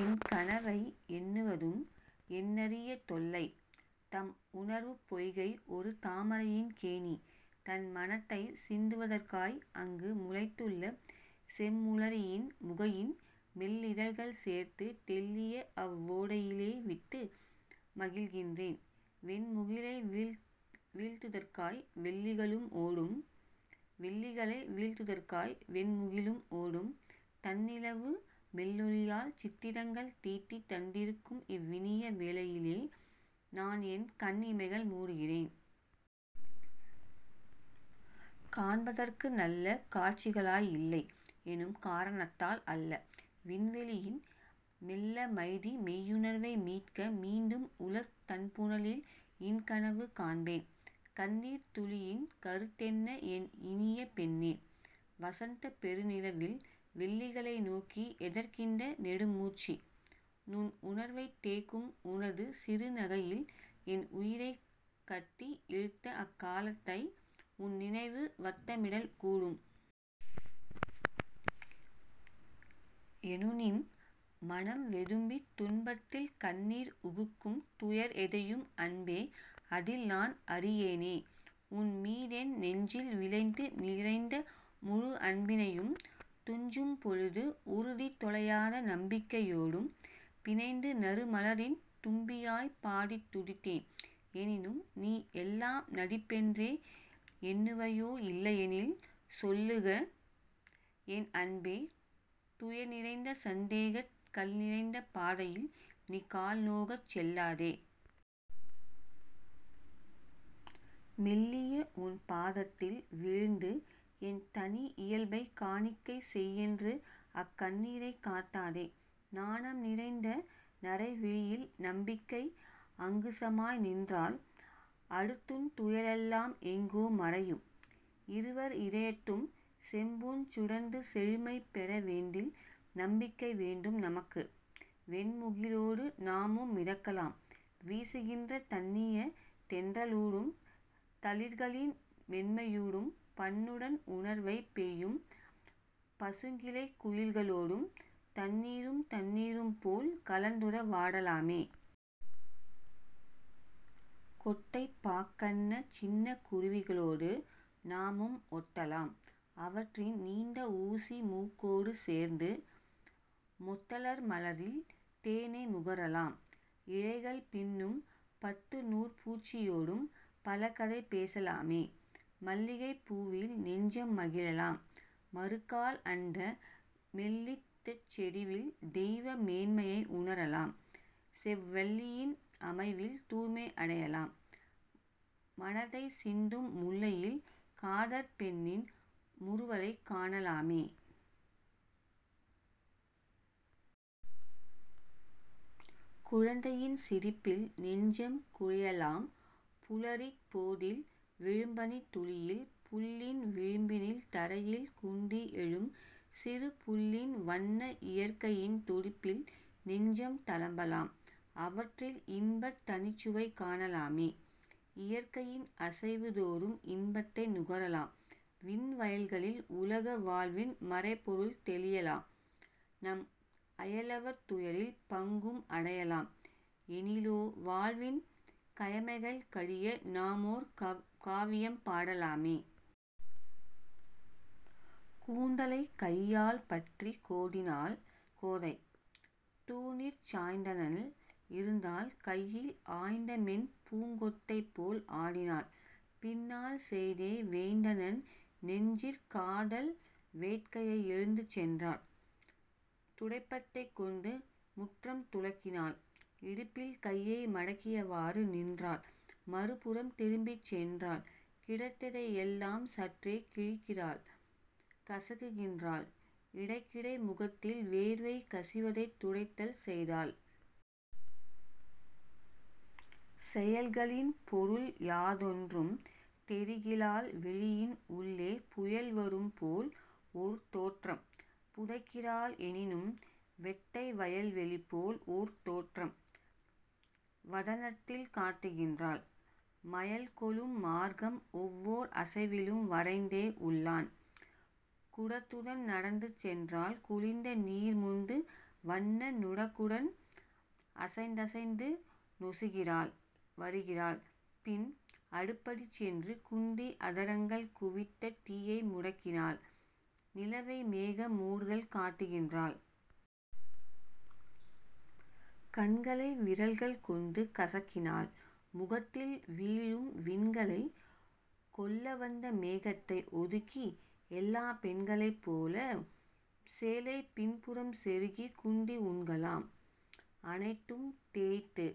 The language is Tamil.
என்கனவை எண்ணுவதும் எண்ணரிய தொல்லை. தம்உணர்வுப் பொய்கை ஒரு தாமரையின் கேணி. தண்மனத்தைச் சிந்துவதற்காய் அங்கு முளைத்துள்ள செம்முளரியின் முகையின் மெல்லிதழ்கள் சேர்த்து தெள்ளியஅவ் வோடையிலே விட்டு மகிழ்கின்றேன். வெண்முகிலை வீழ்த்துதற்காய் வெள்ளிகளும் ஓடும். வெள்ளிகளை வீழ்த்துதற்காய் வெண்முகிலும் ஓடும். தண்ணிலவு மெல்லொளியால் சித்திரங்கள் தீட்டித் தந்திருக்கும் இவ்வினிய வேளையிலே நான்என் கண்இமைகள் மூடுகிறேன். காண்பதற்கு நல்ல காட்சிகளாய் இல்லை எனும் காரணத்தால் அல்ல. விண்வெளியின் மெல்லமைதி மெய்யுணர்வை மீட்க மீண்டும் உளத் தண்புனலில் இன்கனவு காண்பேன். கண்ணீர்த் துளியின் கருத்தென்ன என் இனிய பெண்ணே? வசந்தப் பெருநிலவில் வெள்ளிகளை நோக்கி எதற்கிந்த நெடுமூச்சு? நுண் உணர்வைத் தேக்கும் உனது சிறுநகையில் என் உயிரைக் கட்டி இழுத்த அக் காலத்தை உன்நினைவு வட்டமிடல் கூடும். எனுனிம் மனம் வெதும்பித் துன்பத்தில் கண்ணீர் உகுக்கும் துயர் எதையும் அன்பே அதில் நான் அறியேனே உன்மீதென் நெஞ்சில் விளைந்து நிறைந்த முழு அன்பினையும் துஞ்சும் பொழுது உறுதி தொலையாத நம்பிக்கையோடும் பிணைந்து நறுமலரின் தும்பியாய்ப் பாடித் துதித்தேன். எனினும் நீ எல்லாம் நடிப்பென்றே எண்ணுவையோ இல்லையெனில் சொல்லுக என் அன்பே துயர்நிறைந்த, சந்தேகக் கல்நிறைந்த பாதையில் நீ கால் நோகச் செல்லாதே. மெல்லிய உன் பாதத்தில் வீழ்ந்து என் தனி இயல்பைக் காணிக்கை செய்யென்று அக் கண்ணீரைக் காட்டாதே. நாணம் நிறைந்த நறைவிழியில் நம்பிக்கை அங்குசமாய் நின்றால் அடுத்துன் துயரெல்லாம் எங்கோ மறையும். இருவர் இதயத்தும் செம்பொன் சுடர்ந்து செழுமை பேற வேண்டில் நம்பிக்கை வேண்டும் நமக்கு. வெண்முகிலோடு நாமும் மிதக்கலாம்; வீசுகின்ற தண்ணிய தென்றலூடும் தளிர்களின் மென்மையூடும் பண்ணுடன் உணர்வைப் பெய்யும் பசுங்கிளைக் குயில்களோடும் தண்ணீரும் தண்ணீரும் போல் கலந்துற வாடலாமே. கொட்டைப் பாக்கன்ன சின்னக் குருவிகளோடு நாமும் ஒட்டலாம். அவற்றின் நீண்ட ஊசி மூக்கோடு சேர்ந்து மொட்டலர் மலரில் தேனை முகரலாம் இழைகள் பின்னும் பட்டுநூற்பூச்சியோடும் பலகதை பேசலாமே. மல்லிகைப் பூவில் நெஞ்சம் மகிழலாம் மறுகால் அந்த மெல்லிதட் செறிவில் தெய்வ மேன்மையை உணரலாம் செவ் வல்லியின் அமைவில் தூய்மை அடையலாம் மணதைச் சிந்தும் முல்லையில் காதற் பெண்ணின் முறுவலைக் காணலாமே. குழந்தையின் சிரிப்பில் நெஞ்சம் குழையலாம் புலரிப் போதில் விழும்பனித் துளியில் புல்லின் விளிம்பினில் தரையில் குந்தி எழும் சிறு புள்ளின் வண்ண இறக்கையின் துடிப்பில் நெஞ்சம் தளம்பலாம் அவற்றில் இன்பத் தனிச்சுவை காணலாமே. இயற்கையின் அசைவு தோறும் இன்பத்தை நுகரலாம் விண் வயல்களில் உலக வாழ்வின் மறைபொருள் தெளியலாம் நம் அயலவர் துயரில் பங்கும் அடையலாம் எனிலோ வாழ்வின் கயமைகள் கழிய நாமோர் காவியம் பாடலாமே. கூந்தலைக் கையால் பற்றிக் கோதினாள் கோதை; தூணிற் சாய்ந்தனள்; இருந்தாள் கையில் ஆய்ந்தமென் பூங்கொத்தைப் போல் ஆடினாள் பின்னால் செய்தே வேய்ந்தனள் நெஞ்சிற் காதல் வேட்கையை எழுந்து சென்றாள். துடைப்பத்தைக் கொண்டு முற்றம் துலக்கினாள் இடுப்பில் கையை மடக்கியவாறு நின்றாள் மறுபுறம் திரும்பிச் சென்றாள். கிடைத்ததை எல்லாம் சற்றே கிழிக்கிறாள் கசக்குகின்றாள் இடைக்கிடை முகத்தில் வேர்வை கசிவதைத் துடைத்தல் செய்தாய். செயல்களின் பொருள் யாதொன்றும் தெரிகிலாள் விழியின் உள்ளே புயல்வரும் போல் ஓர் தோற்றம் புதைக்கிறாள் எனினும் வெட்டை வயல்வெளி போல் ஓர் தோற்றம் வதனத்தில் காட்டுகின்றாள். மயல்கொளும் மார்க்கம் ஓவ்வோர் அசைவிலும் வரைந்தே உள்ளாள். குடத்துடன் நடந்து சென்றாள் குளிர்ந்த நீர் மொண்டு வண்ண நுடக்குடன் அசைந்தசைந்து நொசிகிறாள் வருகிறாள் பின் அடுப்படி சென்று குந்தி அதரங்கள் குவித்துத் தீயை முடுக்கினாள் நிலவை மேகம் மூடுதல் காட்டுகின்றாள். கண்களை விரல்கள் கொண்டு கசக்கினாள் முகத்தில் வீழும் விண்களை கொள்ளவந்த மேகத்தை ஒதுக்கி எல்லாப் பெண்களைப் போலும் சேலை பின்புறம் செருகிக் குந்தி உண்கலம் அனைத்தும் தேய்த்து